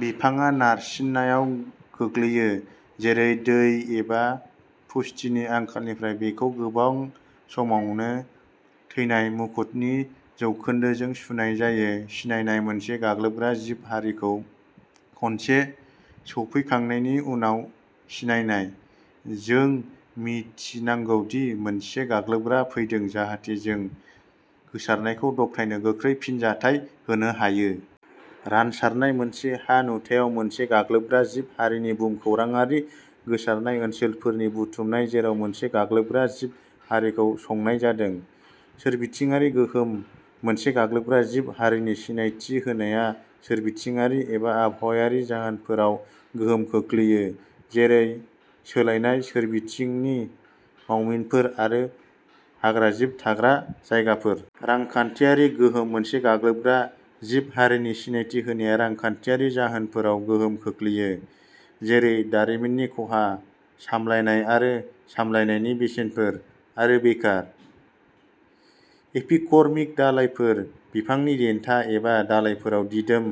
बिफाङा नारसिननायाव गोग्लैयो, जेरै दै एबा पुष्टिनि आंखालनिफ्राय बेखौ गोबां समावनो थैनाय मुकुटनि जौखोन्दोजों सुनाय जायो। सिनायनाय मोनसे गाग्लोबग्रा जिब हारिखौ खनसे सौफैखांनायनि उनाव सिनायनाय। जों मिथिनांगौ दि मोनसे गाग्लोबग्रा फैदों जाहाथे जों गोसारनायखौ दबथायनो गोख्रै फिनजाथाय होनो हायो। रानसारनाय मोनसे हा नुथायाव मोनसे गाग्लोबग्रा जिब हारिनि भुमखौराङारि गोसारनाय ओनसोलफोरनि बुथुमनाय जेराव मोनसे गाग्लोबग्रा जिब हारिखौ संनाय जादों। सोरबिथिङारि गोहोम मोनसे गाग्लोबग्रा जिब हारिनि सिनायथि होनाया सोरबिथिङारि एबा आबहावायारि जाहोनफोराव गोहोम खोख्लैयो, जेरै सोलायनाय सोरबिथिंनि मावमिनफोर आरो हाग्राजिब थाग्रा जायगाफोर। रांखान्थियारि गोहोम मोनसे गाग्लोबग्रा जिब हारिनि सिनायथि होनाया रांखान्थियारि जाहोनफोराव गोहोम खोख्लैयो, जेरै दारिमिननि खहा, सामलायनाय आरो सामलायनायनि बेसेनफोर, आरो बेकार। एपिकर्मिक दालायफोर बिफांनि देन्था एबा दालायफोराव दिदोम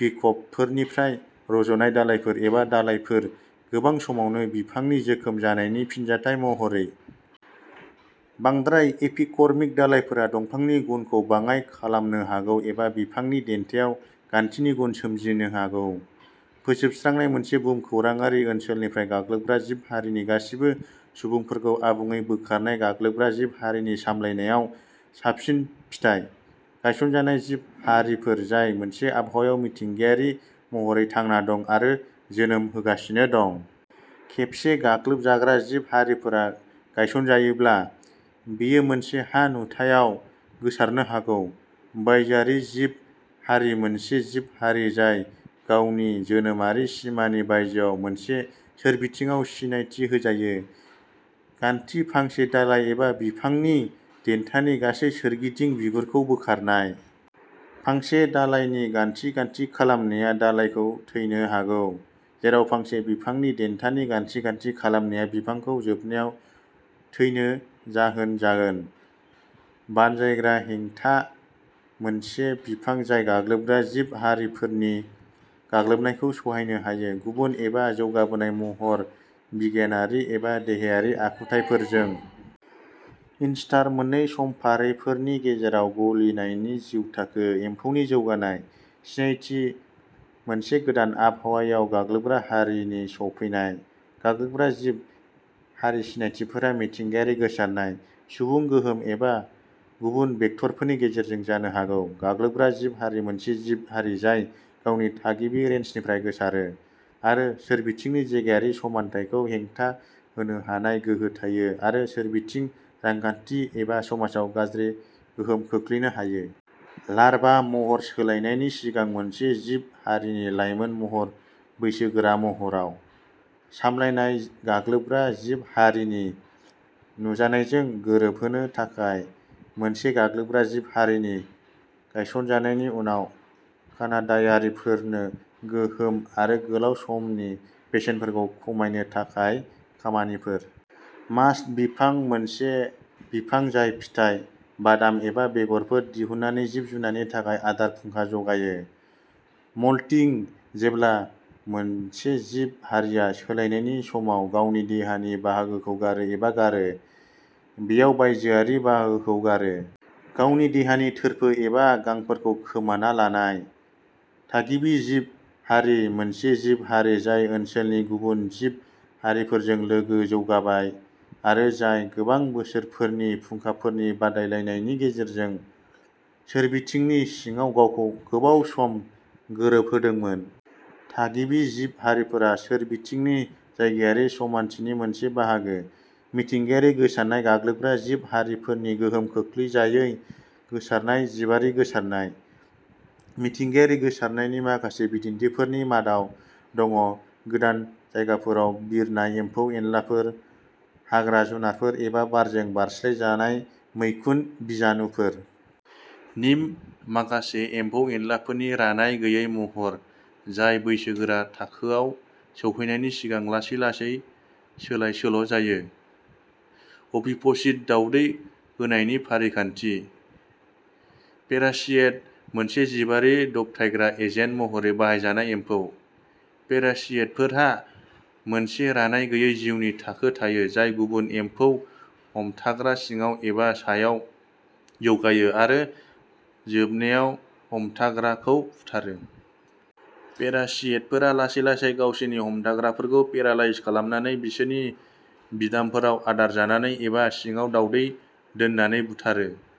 बिखबफोरनिफ्राय रज'नाय दालाइफोर एबा दालायफोर, गोबां समावनो बिफांनि जोखोम जानायनि फिनजाथाय महरै। बांद्राय एपिकर्मिक दालाइफोरा दंफांनि गुनखौ बाङाइ खालामनो हागौ एबा बिफांनि देन्थायाव गान्थिनि गुन सोमजिहोनो हागौ। फोजोबस्रांनाय मोनसे भुमखौराङारि ओनसोलनिफ्राय गाग्लोबग्रा जिब हारिनि गासिबो सुबुंफोरखौ आबुङै बोखारनाय गाग्लोबग्रा जिब हारि सामलायनायाव साबसिन फिथाय। गायसनजानाय जिब हारिफोर जाय मोनसे आबहावायाव मिथिंगायारि महरै थांना दं आरो जोनोम होगासिनो दं। खेबसे गाग्लोबग्रा जिब हारिफोरा गायसनजायोब्ला, बेयो मोनसे हा नुथायाव गोसारनो हागौ। बायजोआरि जिब हारि मोनसे जिब हारि जाय गावनि जोनोमारि सिमानि बायजोआव मोनसे सोरबिथिंआव सिनायथि होजायो। गान्थि फांसे दालाय एबा बिफांनि देन्थानि गासै सोरगिदिं बिगुरखौ बोखारनाय। फांसे दालायनि गान्थि गान्थि खालामनाया दालाइखौ थैनो हागौ, जेराव फांसे बिफांनि देन्थानि गान्थि गान्थि खालामनाया बिफांखौ जोबनायाव थैनो जाहोन जागोन। बानजायग्रा हेंथा मोनसे बिफां जाय गाग्लोबग्रा जिब हारिफोरनि गाग्लोबनायखौ सहायनो हायो, गुबै एबा जौगाबोनाय महर बिगियानारि एबा देहायारि आखुथायफोरजों। इनस्टार मोननै समफारिफोरनि गेजेराव गलिनायनि जिउ थाखो। एम्फौनि जौगानाय। सिनायथि मोनसे गोदान आबहावायाव गाग्लोबग्रा हारिनि सफैनाय। गाग्लोबग्रा जिब हारि सिनायथिफोरा मिथिंगायारि गोसारनाय, सुबुं गोहोम एबा गुबुन भेक्टरफोरनि गेजेरजों जानो हागौ। गाग्लोबग्रा जिब हारि मोनसे जिब हारि जाय गावनि थागिबि रेन्जनिफ्राय गोसारो, आरो सोरबिथिंनि जायगायारि समानथायखौ हेंथा होनो हानाय गोहो थायो आरो सोरबिथिं, रांखान्थि एबा समाजाव गाज्रि गोहोम खोख्लैनो हायो। लार्भा महर सोलायनायनि सिगां मोनसे जिब हारिनि लायमोन महर बैसोगोरा महराव। सामलायनाय गाग्लोबग्रा जिब हारिनि नुजानायजों गोरोबहोनो थाखाय मोनसे गाग्लोबग्रा जिब हारि गायसनजानायनि उनाव कानाडायारिफोरनो गोहोम आरो गोलाव समनि बेसेनफोरखौ खमायनो थाखाय खामानिफोर। मास्त बिफां मोनसे बिफां जाय फिथाइ, बादाम एबा बेगरफोर दिहुननानै जिब जुनारनि थाखाय आदार फुंखा जगायो। मल्टिं जेब्ला मोनसे जिब हारिआ सोलायनायनि समाव गावनि देहानि बाहागोखौ गारो एबा गारो। बेयाव बायजोआरि बाहागोखौ गारो। गावनि देहानि थोरफो एबा गांफोरखौ खोमाना लानाय। थागिबि जिब हारि मोनसे जिब हारि जाय ओनसोलनि गुबुन जिब हारिफोरजों लोगो जौगाबाय आरो जाय गोबां बोसोरफोरनि फुंखाफोरनि बादायलायनायनि गेजेरजों सोरबिथिंनि सिङाव गावखौ गोबाव सम गोरोबहोदोंमोन। थागिबि जिब हारिफोरा सोरबिथिंनि जायगायारि समानथिनि मोनसे बाहागो। मिथिंगायारि गोसारनाय गाग्लोबग्रा जिब हारिफोरनि गोहोम खोख्लैजायै गोसारनाय जिबारि गोसारनाय। मिथिंगायारि गोसारनायनि माखासे बिदिन्थिफोरनि मादाव दङ गोदान जायगाफोराव बिरनाय एम्फौ एनलाफोर, हाग्रा जुनारफोर एबा बारजों बारस्लायजानाय मैखुन बिजानुफोर। निम्फ माखासे एम्फौ एनलाफोरनि रानाय गैयै महर, जाय बैसोगोरा थाखोआव सौहैनायनि सिगां लासै लासै सोलायसोल'जायो। अभिप'सिट दावदै होनायनि फारिखान्थि। पेरासिटइड मोनसे जिबारि दबथायग्रा एजेन्ट महरै बाहायजानाय एम्फौ। पेरासिटइडफोरहा मोनसे रानाय गैयै जिउनि थाखो थायो जाय गुबुन एम्फौ हमथाग्रा सिङाव एबा सायाव जौगायो आरो जोबनायाव हमथाग्राखौ बुथारो। पेरासिटइडफोरा लासै लासै गावसोरनि हमथाग्राफोरखौ पेरालाइज खालामनानै, बिसोरनि बिदामफोराव आदार जानानै एबा सिङाव दावदै दोननानै बुथारो।